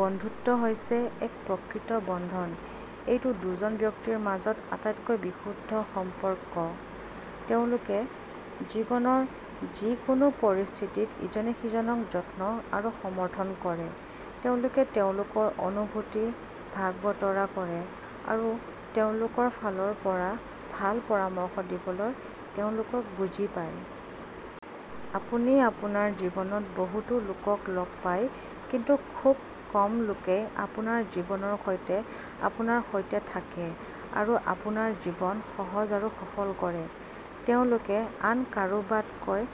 বন্ধুত্ব হৈছে এক প্ৰকৃত বন্ধন। এইটো দুজন ব্যক্তিৰ মাজত আটাইতকৈ বিশুদ্ধ সম্পৰ্ক। তেওঁলোকে জীৱনৰ যিকোনো পৰিস্থিতিত ইজনে সিজনক যত্ন আৰু সমৰ্থন কৰে। তেওঁলোকে তেওঁলোকৰ অনুভূতি ভাগ বতৰা কৰে আৰু তেওঁলোকৰ ফালৰ পৰা ভাল পৰামৰ্শ দিবলৈ তেওঁলোকক বুজি পায়। আপুনি আপোনাৰ জীৱনত বহুতো লোকক লগ পায় কিন্তু খুব কম লোকেই আপোনাৰ জীৱনৰ সৈতে আপোনাৰ সৈতে থাকে আৰু আপোনাৰ জীৱন সহজ আৰু সফল কৰে। তেওঁলোকে আন কাৰোবাতকৈ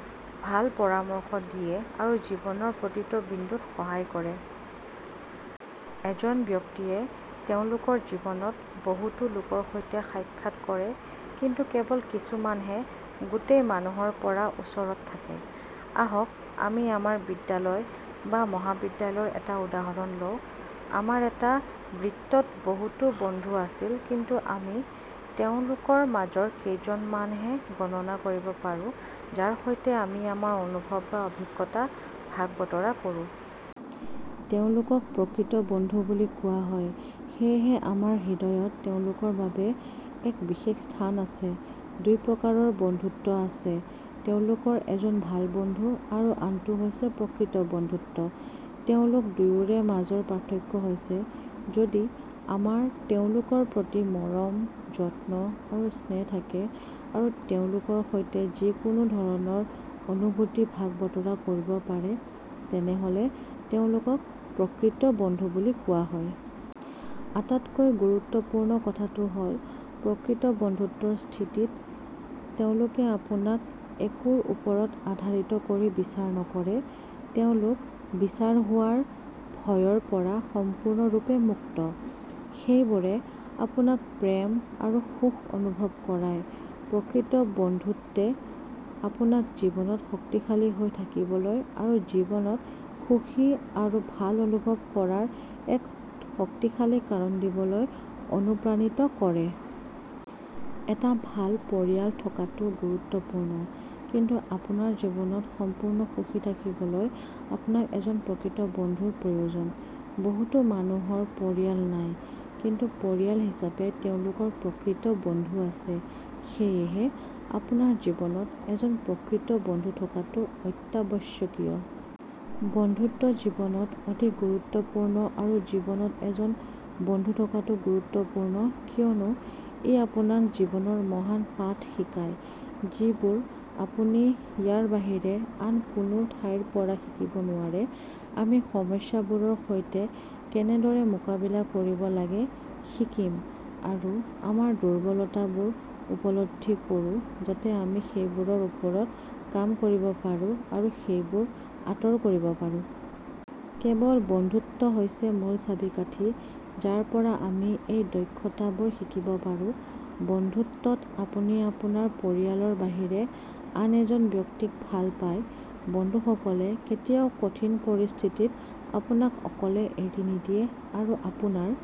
ভাল পৰামৰ্শ দিয়ে আৰু জীৱনৰ প্ৰতিটো বিন্দুত সহায় কৰে। এজন ব্যক্তিয়ে তেওঁলোকৰ জীৱনত বহুতো লোকৰ সৈতে সাক্ষাৎ কৰে কিন্তু কেৱল কিছুমানহে গোটেই মানুহৰ পৰা ওচৰত থাকে। আহক আমি আমাৰ বিদ্যালয় বা মহাবিদ্যালয়ৰ এটা উদাহৰণ লওঁ, আমাৰ এটা বৃত্তত বহুতো বন্ধু আছিল কিন্তু আমি তেওঁলোকৰ মাজৰ কেইজনমানহে গণনা কৰিব পাৰোঁ যাৰ সৈতে আমি আমাৰ অনুভৱ বা অভিজ্ঞতা ভাগ বতৰা কৰোঁ। তেওঁলোকক প্ৰকৃত বন্ধু বুলি কোৱা হয় সেয়েহে আমাৰ হৃদয়ত তেওঁলোকৰ বাবে এক বিশেষ স্থান আছে। দুই প্ৰকাৰৰ বন্ধুত্ব আছে; তেওঁলোকৰ এজন ভাল বন্ধু আৰু আনটো হৈছে প্ৰকৃত বন্ধুত্ব। তেওঁলোক দুয়োৰে মাজৰ পাৰ্থক্য হৈছে যদি আমাৰ তেওঁলোকৰ প্ৰতি মৰম, যত্ন আৰু স্নেহ থাকে আৰু তেওঁলোকৰ সৈতে যিকোনো ধৰণৰ অনুভূতি ভাগ বতৰা কৰিব পাৰে তেনেহ'লে তেওঁলোকক প্ৰকৃত বন্ধু বুলি কোৱা হয়। আটাইতকৈ গুৰুত্বপূৰ্ণ কথাটো হ'ল, প্ৰকৃত বন্ধুত্বৰ স্থিতিত, তেওঁলোকে আপোনাক একোৰ ওপৰত আধাৰিত কৰি বিচাৰ নকৰে। তেওঁলোক বিচাৰ হোৱাৰ ভয়ৰ পৰা সম্পূৰ্ণৰূপে মুক্ত। সেইবোৰে আপোনাক প্ৰেম আৰু সুখ অনুভৱ কৰায়। প্ৰকৃত বন্ধুত্বে আপোনাক জীৱনত শক্তিশালী হৈ থাকিবলৈ আৰু জীৱনত সুখী আৰু ভাল অনুভৱ কৰাৰ এক শক্তিশালী কাৰণ দিবলৈ অনুপ্ৰাণিত কৰে। এটা ভাল পৰিয়াল থকাটো গুৰুত্বপূৰ্ণ কিন্তু আপোনাৰ জীৱনত সম্পূৰ্ণ সুখী থাকিবলৈ আপোনাক এজন প্ৰকৃত বন্ধুৰ প্ৰয়োজন। বহুতো মানুহৰ পৰিয়াল নাই কিন্তু পৰিয়াল হিচাপে তেওঁলোকৰ প্ৰকৃত বন্ধু আছে। সেয়েহে, আপোনাৰ জীৱনত এজন প্ৰকৃত বন্ধু থকাটো অত্যাৱশ্যকীয়। বন্ধুত্ব জীৱনত অতি গুৰুত্বপূৰ্ণ আৰু জীৱনত এজন বন্ধু থকাটো গুৰুত্বপূৰ্ণ কিয়নো ই আপোনাক জীৱনৰ মহান পাঠ শিকায় যিবোৰ আপুনি ইয়াৰ বাহিৰে আন কোনো ঠাইৰ পৰা শিকিব নোৱাৰে। আমি সমস্যাবোৰৰ সৈতে কেনেদৰে মোকাবিলা কৰিব লাগে শিকিম আৰু আমাৰ দুৰ্বলতাবোৰ উপলব্ধি কৰোঁ যাতে আমি সেইবোৰৰ ওপৰত কাম কৰিব পাৰোঁ আৰু সেইবোৰ আঁতৰ কৰিব পাৰো। কেৱল বন্ধুত্বহৈছে মূল চাবিকাঠি যাৰ পৰা আমি এই দক্ষতাবোৰ শিকিব পাৰোঁ। বন্ধুত্বত, আপুনি আপোনাৰ পৰিয়ালৰ বাহিৰে আন এজন ব্যক্তিক ভাল পায়। বন্ধুসকলে কেতিয়াও কঠিন পৰিস্থিতিত আপোনাক অকলে এৰি নিদিয়ে আৰু আপোনাৰ